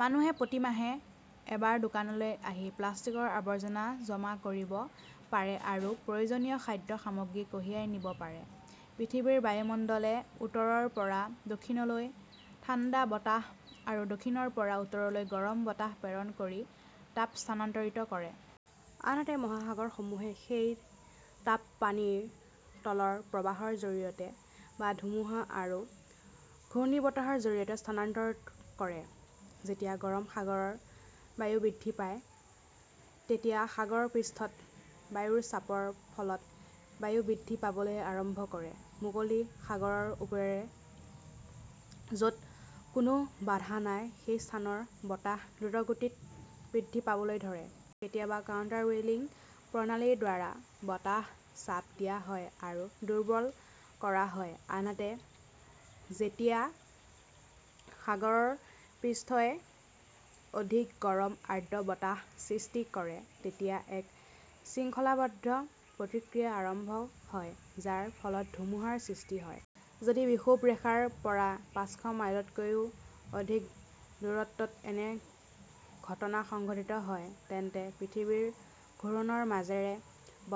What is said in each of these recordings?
মানুহে প্ৰতি মাহে এবাৰ দোকানলৈ আহি প্লাষ্টিকৰ আৱৰ্জনা জমা কৰিব পাৰে আৰু প্ৰয়োজনীয় খাদ্য সামগ্ৰী কঢ়িয়াই নিব পাৰে। পৃথিৱীৰ বায়ুমণ্ডলে উত্তৰৰ পৰা দক্ষিণলৈ ঠাণ্ডা বতাহ আৰু দক্ষিণৰ পৰা উত্তৰলৈ গৰম বতাহ প্ৰেৰণ কৰি তাপ স্থানান্তৰ কৰে। আনহাতে, মহাসাগৰসমূহে সেই তাপ পানীৰ তলৰ প্ৰবাহৰ জৰিয়তে বা ধুমুহা আৰু ঘূৰ্ণীবতাহৰ জৰিয়তে স্থানান্তৰ কৰে। যেতিয়া গৰম সাগৰৰ বায়ু বৃদ্ধি পায়, তেতিয়া সাগৰৰ পৃষ্ঠত বায়ুৰ চাপৰ ফলত বায়ু বৃদ্ধি পাবলৈ আৰম্ভ কৰে। মুকলি সাগৰৰ ওপৰেৰে, য 'ত কোনো বাধা নাই সেই স্থানৰ বতাহ দ্ৰুতগতিত বৃদ্ধি পাবলৈ ধৰে। কেতিয়াবা কাউণ্টাৰৱেলিং প্ৰণালীৰ দ্বাৰা বতাহ চাপ দিয়া হয় আৰু দুৰ্বল কৰা হয়। আনহাতে, যেতিয়া সাগৰৰ পৃষ্ঠই অধিক গৰম, আৰ্দ্ৰ বতাহ সৃষ্টি কৰে, তেতিয়া এক শৃংখলাবদ্ধ প্ৰতিক্ৰিয়া আৰম্ভ হয়, যাৰ ফলত ধুমুহাৰ সৃষ্টি হয়। যদি বিষুৱ ৰেখাৰ পৰা পাঁচশ মাইলতকৈও অধিক দূৰত্বত এনে ঘটনা সংঘটিত হয়, তেন্তে পৃথিৱীৰ ঘূৰণৰ মাজেৰে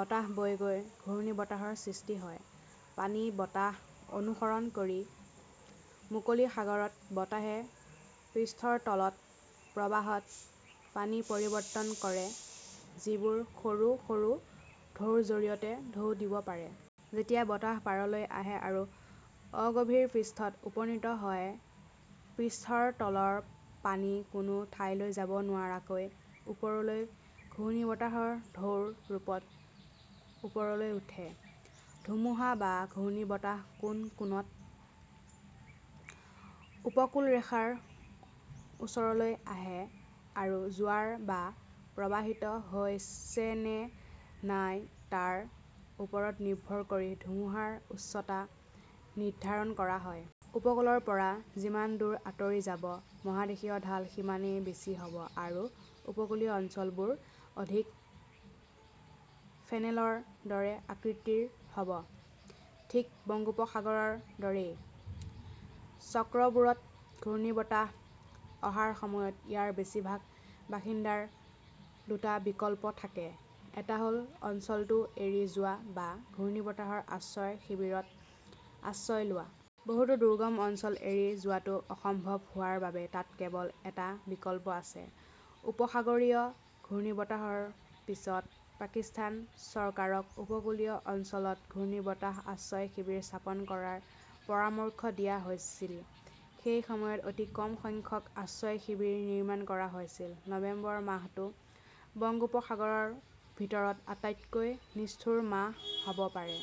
বতাহ বৈ গৈ ঘূৰ্ণীবতাহৰ সৃষ্টি হয়। পানী, বতাহ অনুসৰণ কৰি মুকলি সাগৰত, বতাহে পৃষ্ঠৰ তলত, প্ৰবাহত পানী পৰিৱৰ্তন কৰে, যিবোৰ সৰু সৰু ঢৌৰ জৰিয়তে ঢৌ দিব পাৰে। যেতিয়া বতাহ পাৰলৈ আহে আৰু অগভীৰ পৃষ্ঠত উপনীত হয়, পৃষ্ঠৰ তলৰ পানী কোনো ঠাইলৈ যাব নোৱাৰাকৈ ওপৰলৈ ঘূৰ্ণীবতাহৰ ঢৌৰ ৰূপত ওপৰলৈ উঠে। ধুমুহা বা ঘূৰ্ণীবতাহ কোন কোণত উপকূলৰেখাৰ ওচৰলৈ আহে আৰু জোৱাৰ বা প্ৰৱাহিত হৈছে নে নাই তাৰ ওপৰত নিৰ্ভৰ কৰি ধুমুহাৰ উচ্চতা নিৰ্ধাৰণ কৰা হয়। উপকূলৰ পৰা যিমান দূৰ আঁতৰি যাব, মহাদেশীয় ঢাল সিমানেই বেছি হ'ব, আৰু উপকূলীয় অঞ্চলবোৰ অধিক ফেনেলৰ দৰে আকৃতিৰ হ'ব। ঠিক বংগোপসাগৰৰ দৰেই। চক্ৰবোৰত ঘূৰ্ণীবতাহ অহাৰ সময়ত ইয়াৰ বেছিভাগ বাসিন্দাৰ দুটা বিকল্প থাকে। এটা হ'ল, অঞ্চলটো এৰি যোৱা বা ঘূৰ্ণীবতাহৰ আশ্ৰয় শিবিৰত আশ্ৰয় লোৱা। বহুতো দুৰ্গম অঞ্চল এৰি যোৱাটো অসম্ভৱ হোৱাৰ বাবে তাত কেৱল এটা বিকল্প আছে। উপসাগৰীয় ঘূৰ্ণীবতাহৰ পিছত পাকিস্তান চৰকাৰক উপকূলীয় অঞ্চলত ঘূৰ্ণীবতাহ আশ্ৰয় শিবিৰ স্থাপন কৰাৰ পৰামৰ্শ দিয়া হৈছিল। সেই সময়ত অতি কম সংখ্যক আশ্ৰয় শিবিৰ নিৰ্মাণ কৰা হৈছিল। নৱেম্বৰ মাহটো বংগোপসাগৰৰ ভিতৰত আটাইতকৈ নিষ্ঠুৰ মাহ হ'ব পাৰে।